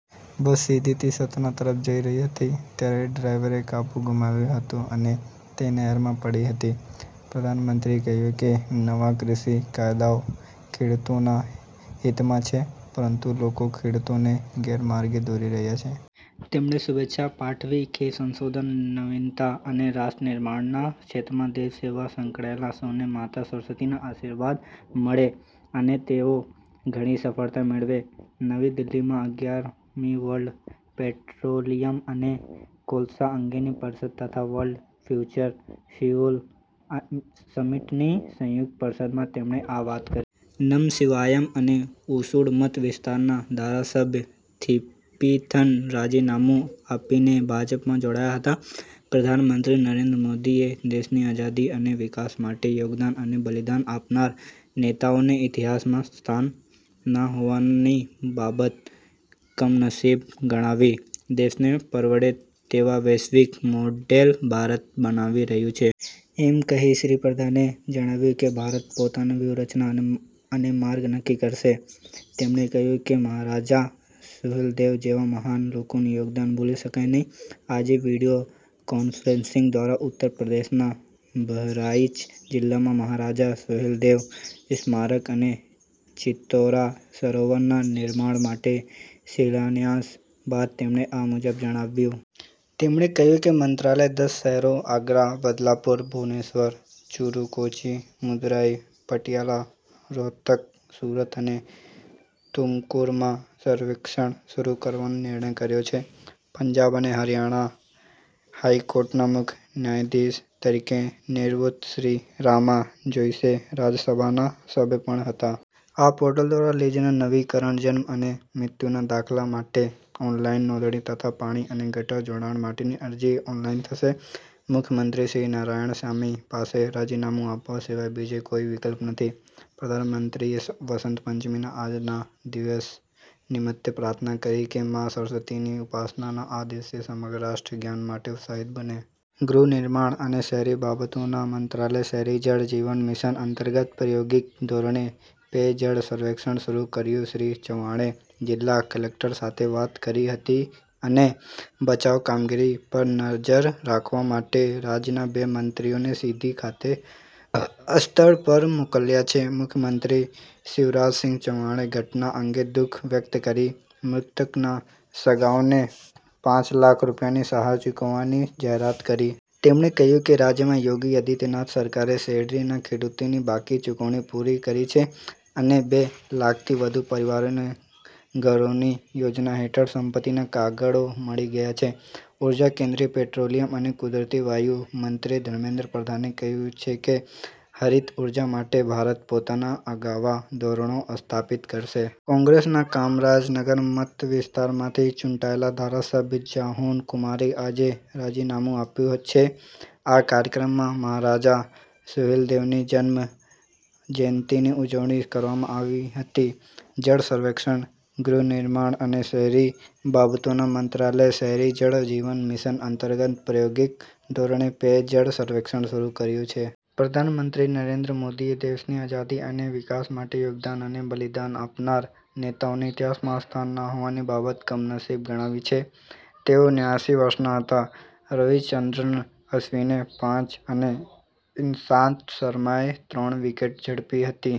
બસ સીધીથી સતના તરફ જઇ રહી હતી. ત્યારે ડ્રાઇવરે કાબૂ ગુમાવ્યો હતો અને તે નહેરમાં પડી હતી. પ્રધાનમંત્રીએ કહ્યું કે, નવા કૃષિ કાયદાઓ ખેડૂતોના હિતમાં છે, પરંતુ લોકો ખેડુતોને ગેરમાર્ગે દોરી રહ્યા છે. તેમણે શુભેચ્છા પાઠવી કે સંશોધન, નવીનતા અને રાષ્ટ્ર નિર્માણના ક્ષેત્રમાં દેશ સેવામાં સંકળાયેલા સૌને માતા સરસ્વતીના આશીર્વાદ મળે, અને તેઓ ઘણી સફળતા મેળવે. નવી દિલ્હીમાં અગિયાર મી વર્લ્ડ પેટ્રોલીયમ અને કોલસા અંગેની પરિષદ તથા વર્લ્ડ ફ્યુચર ફ્યુઅલ સમિટની સંયુક્ત પરિષદમાં તેમણે આ વાત કરી. નમસિવાયમ અને ઊસુડ મત વિસ્તારના ધારાસભ્ય થીપિંથન રાજીનામું આપીને ભાજપમાં જોડાયા હતા. પ્રધાનમંત્રી નરેન્દ્ર મોદીએ દેશની આઝાદી અને વિકાસ માટે યોગદાન અને બલિદાન આપનાર નેતાઓને ઇતિહાસમાં સ્થાન ના હોવાની બાબત કમનસીબ ગણાવી. દેશને પરવડે તેવા વૈશ્વિક મોડેલ ભારત બનાવી રહ્યું છે. એમ કહી શ્રી પ્રધાને જણાવ્યું કે, ભારત પોતાની વ્યુહરચના અને માર્ગ નક્કી કરશે. તેમણે કહ્યું કે મહારાજા સુહેલદેવ જેવા મહાન લોકોનું યોગદાન ભૂલી શકાય નહીં. આજે વીડિયો કોન્ફરન્સિંગ દ્વારા ઉત્તર પ્રદેશના બહરાઇચ જિલ્લામાં મહારાજા સુહેલદેવ સ્મારક અને ચિત્તૌરા સરોવરના નિર્માણ માટે શિલાન્યાસ બાદ તેમણે આ મુજબ જણાવ્યું. તેમણે કહ્યું કે, મંત્રાલયે દસ શહેરો આગ્રા, બદલાપુર, ભુવનેશ્વર, ચુરુ, કોચી, મદુરાઇ, પટિયાલા, રોહતક, સુરત, અને તુમકુરમાં સર્વેક્ષણ શરૂ કરવાનો નિર્ણય કર્યો છે. પંજાબ અને હરિયાણા હાઈકોર્ટના મુખ્ય ન્યાયાધીશ તરીકે નિવૃત્ત શ્રી રામા જોઇસે રાજ્યસભાના સભ્ય પણ હતા. આ પોર્ટલ દ્વારા લીઝના નવીકરણ જન્મ અને મૃત્યુના દાખલા માટે ઓનલાઇન નોંધણી તથા પાણી અને ગટર જોડાણ માટેની અરજી ઓનલાઇન થશે. મુખ્યમંત્રી શ્રી નારાયણસામી પાસે રાજીનામું આપવા સિવાય બીજો કોઈ વિકલ્પ નથી. પ્રધાનમંત્રીએ વસંત પંચમીના આજના દિવસ નિમિત્તે પ્રાર્થના કરી કે મા સરસ્વતિની ઉપાસનાના આ દિવસે સમગ્ર રાષ્ટ્ર જ્ઞાન માટે ઉત્સાહિત બને. ગૃહનિર્માણ અને શહેરી બાબતોના મંત્રાલયે શહેરી જળ જીવન મિશન અંતર્ગત પ્રાયોગિક ધોરણે પેય જળ સર્વેક્ષણ શરૂ કર્યું શ્રી ચૌહાણે જિલ્લા કલેકટર સાથે વાત કરી હતી અને બચાવ કામગીરી પર નજર રાખવા માટે રાજ્યના બે મંત્રીઓને સિધી ખાતે સ્થળ પર મોકલ્યા છે મુખ્યમંત્રી શિવરાજસિંહ ચૌહાણે ઘટના અંગે દુખ વ્યક્ત કરી મૃતકના સગાઓને પાંચ લાખ રૂપિયાની સહાય ચૂકવવાની જાહેરાત કરી છે. તેમણે કહ્યું કે, રાજ્યમાં યોગી આદિત્યનાથ સરકારે શેરડીના ખેડુતોની બાકી ચૂકવણી પૂરી કરી છે, અને બે લાખથી વધુ પરિવારોને ઘરૌની યોજના હેઠળ સંપત્તિના કાગળો મળી ગયા છે. ઉર્જા કેન્દ્રીય પેટ્રોલિયમ અને કુદરતી વાયુ મંત્રી ધર્મેન્દ્ર પ્રધાને કહ્યું છે કે, હરિત ઉર્જા માટે ભારત પોતાના આગવાં ધોરણો સ્થાપિત કરશે. કોંગ્રેસના કામરાજ નગર મત વિસ્તારમાંથી ચૂંટાયેલા ધારાસભ્ય જહોન કુમારે આજે રાજીનામું આપ્યુ છે. આ કાર્યક્રમમાં મહારાજા સુહેલદેવની જન્મ જયંતિની ઉજવણી કરવામાં આવી હતી. જળ સર્વેક્ષણ ગૃહનિર્માણ અને શહેરી બાબતોના મંત્રાલયે શહેરી જળ જીવન મિશન અંતર્ગત પ્રાયોગિક ધોરણે પેય જળ સર્વેક્ષણ શરૂ કર્યું છે. પ્રધાનમંત્રી નરેન્દ્ર મોદીએ દેશની આઝાદી અને વિકાસ માટે યોગદાન અને બલિદાન આપનાર નેતાઓને ઇતિહાસમાં સ્થાન ના હોવાની બાબત કમનસીબ ગણાવી છે. તેઓ નેવ્યાસી વર્ષના હતા. રવિચંદ્રન અશ્વિને પાંચ અને ઇશાંત શર્માએ ત્રણ વિકેટ ઝડપી હતી.